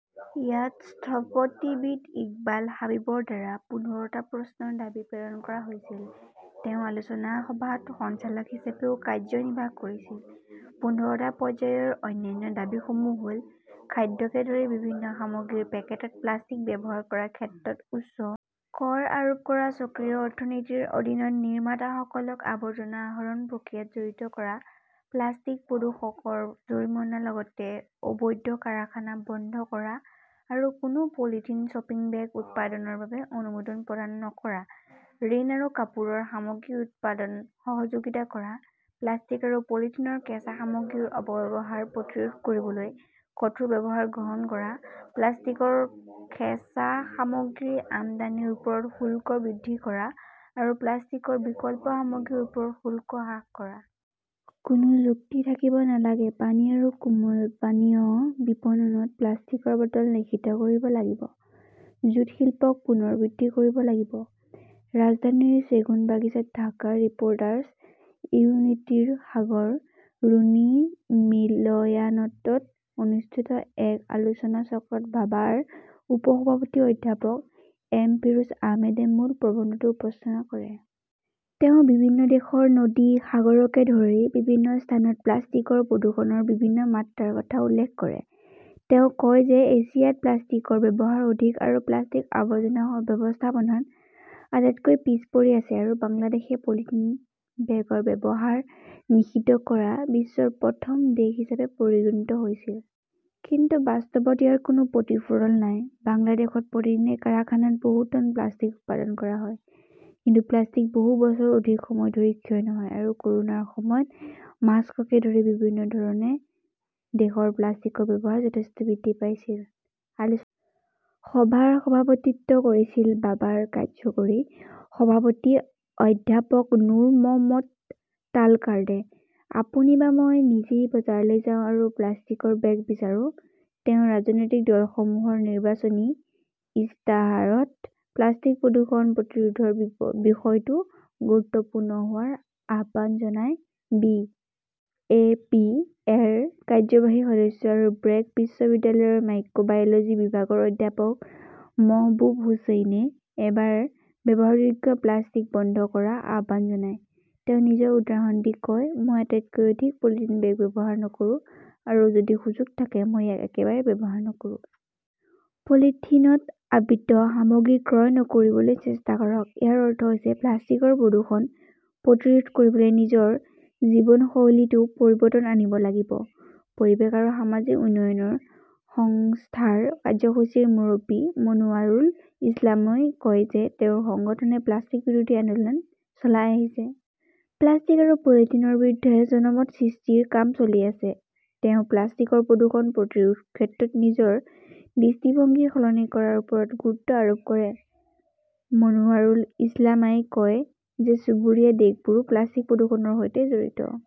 ইয়াত স্থপতিবিদ ইকবাল হাবিবৰ দ্বাৰা পোন্ধৰটা প্ৰশ্নৰ দাবী প্ৰেৰণ কৰা হৈছিল। তেওঁ আলোচনা সভাত সঞ্চালক হিচাপেও কাৰ্যনিৰ্বাহ কৰিছিল। পোন্ধৰটা পৰ্যায়ৰ অন্যান্য দাবীসমূহ হ'ল খাদ্যকে ধৰি বিভিন্ন সামগ্ৰীৰ পেকেটত প্লাষ্টিক ব্যৱহাৰ কৰাৰ ক্ষেত্ৰত উচ্চ কৰ আৰোপ কৰা, চক্ৰীয় অৰ্থনীতিৰ অধীনত নিৰ্মাতাসকলক আৱৰ্জনা আহৰণ প্ৰক্ৰিয়াত জড়িত কৰা, প্লাষ্টিক প্ৰদূষকৰ জৰিমনাৰ লগতে অবৈধ কাৰখানা বন্ধ কৰা আৰু কোনো পলিথিন শ্বপিং বেগ উৎপাদনৰ বাবে অনুমোদন প্ৰদান নকৰা, শণ আৰু কাপোৰৰ সামগ্ৰী উৎপাদনত সহযোগিতা কৰা, প্লাষ্টিক আৰু পলিথিনৰ কেঁচা সামগ্ৰীৰ অপব্যৱহাৰ প্ৰতিৰোধ কৰিবলৈ কঠোৰ ব্যৱস্থা গ্ৰহণ কৰা, প্লাষ্টিকৰ কেঁচা সামগ্ৰী আমদানিৰ ওপৰত শুল্ক বৃদ্ধি কৰা আৰু প্লাষ্টিকৰ বিকল্প সামগ্ৰীৰ ওপৰত শুল্ক হ্ৰাস কৰা। কোনো যুক্তি থাকিব নালাগে। পানী আৰু কোমল পানীয়ৰ বিপণনত প্লাষ্টিকৰ বটল নিষিদ্ধ কৰিব লাগিব। জুট শিল্পক পুনৰ বৃদ্ধি কৰিব লাগিব। ৰাজধানীৰ ছেগুনবাগিচাত ঢাকা ৰিপ'ৰ্টাৰ্ছ ইউনিটিৰ সাগৰ ৰুনী মিলনায়তনত অনুষ্ঠিত এক আলোচনাচক্ৰত বাবাৰ উপ সভাপতি অধ্যাপক এম ফিৰোজ আহমেদে মূল প্ৰবন্ধটো উপস্থাপন কৰে। তেওঁ বিভিন্ন দেশৰ নদী, সাগৰকে ধৰি বিভিন্ন স্থানত প্লাষ্টিকৰ প্ৰদূষণৰ বিভিন্ন মাত্ৰাৰ কথা উল্লেখ কৰে। তেওঁ কয় যে এছিয়াত প্লাষ্টিকৰ ব্যৱহাৰ অধিক আৰু প্লাষ্টিক আৱৰ্জনা ব্যৱস্থাপনাত আটাইতকৈ পিছ পৰি আছে আৰু বাংলাদেশে পলিথিন বেগৰ ব্যৱহাৰ নিষিদ্ধ কৰা বিশ্বৰ প্ৰথম দেশ হিচাপে পৰিগণিত হৈছিল। কিন্তু বাস্তৱত ইয়াৰ কোনো প্ৰতিফলন নাই। বাংলাদেশত প্ৰতিদিনে কাৰখানাত বহু টন প্লাষ্টিক উৎপাদন কৰা হয়। কিন্তু প্লাষ্টিক বহু বছৰৰ অধিক সময় ধৰি ক্ষয় নহয়। আৰু ক'ৰোনাৰ সময়ত মাস্ককে ধৰি বিভিন্ন ধৰণে দেশত প্লাষ্টিকৰ ব্যৱহাৰ যথেষ্ট বৃদ্ধি পাইছিল। আলোচনা সভাৰ সভাপতিত্ব কৰিছিল বাবাৰ কাৰ্যকৰী সভাপতি অধ্যাপক নুৰ মহম্মদ তালকাৰ্ডে। আপুনি বা মই নিজেই বজাৰলৈ যাওঁ আৰু প্লাষ্টিকৰ বেগ বিচাৰোঁ। তেওঁ ৰাজনৈতিক দলসমূহৰ নিৰ্বাচনী ইস্তাহাৰত প্লাষ্টিক প্ৰদূষণ প্ৰতিৰোধৰ বিষয়টো গুৰুত্বপূৰ্ণ হোৱাৰ আহ্বান জনায়। বি এ পি এৰ কাৰ্যবাহী সদস্য আৰু ব্ৰেক বিশ্ববিদ্যালয়ৰ মাইক্ৰ'বায়'লজী বিভাগৰ অধ্যাপক মহবূব হুচেইনে এবাৰ ব্যৱহাৰযোগ্য প্লাষ্টিক বন্ধ কৰাৰ আহ্বান জনায়। তেওঁ নিজৰ উদাহৰণ দি কয়, "মই এটাতকৈ অধিক পলিথিন বেগ ব্যৱহাৰ নকৰো আৰু যদি সুযোগ থাকে, মই ইয়াক একেবাৰে ব্যৱহাৰ নকৰো।" পলিথিনত আবৃত সামগ্ৰী ক্ৰয় নকৰিবলৈ চেষ্টা কৰক। ইয়াৰ অৰ্থ হৈছে প্লাষ্টিকৰ প্ৰদূষণ প্ৰতিৰোধ কৰিবলৈ নিজৰ জীৱনশৈলীতো পৰিৱৰ্তন আনিব লাগিব। পৰিৱেশ আৰু সামাজিক উন্নয়ন সংস্থাৰ কাৰ্যসূচীৰ মুৰব্বী মনোৱাৰুল ইছলামই কয় যে তেওঁৰ সংগঠনে প্লাষ্টিক বিৰোধী আন্দোলন চলাই আহিছে। প্লাষ্টিক আৰু পলিথিনৰ বিৰুদ্ধে জনমত সৃষ্টিৰ কাম চলি আছে। তেওঁ প্লাষ্টিকৰ প্ৰদূষণ প্ৰতিৰোধৰ ক্ষেত্ৰত নিজৰ দৃষ্টিভংগী সলনি কৰাৰ ওপৰত গুৰুত্ব আৰোপ কৰে। মনোৱাৰুল ইছলামই কয় যে চুবুৰীয়া দেশবোৰো প্লাষ্টিক প্ৰদূষণৰ সৈতে জড়িত।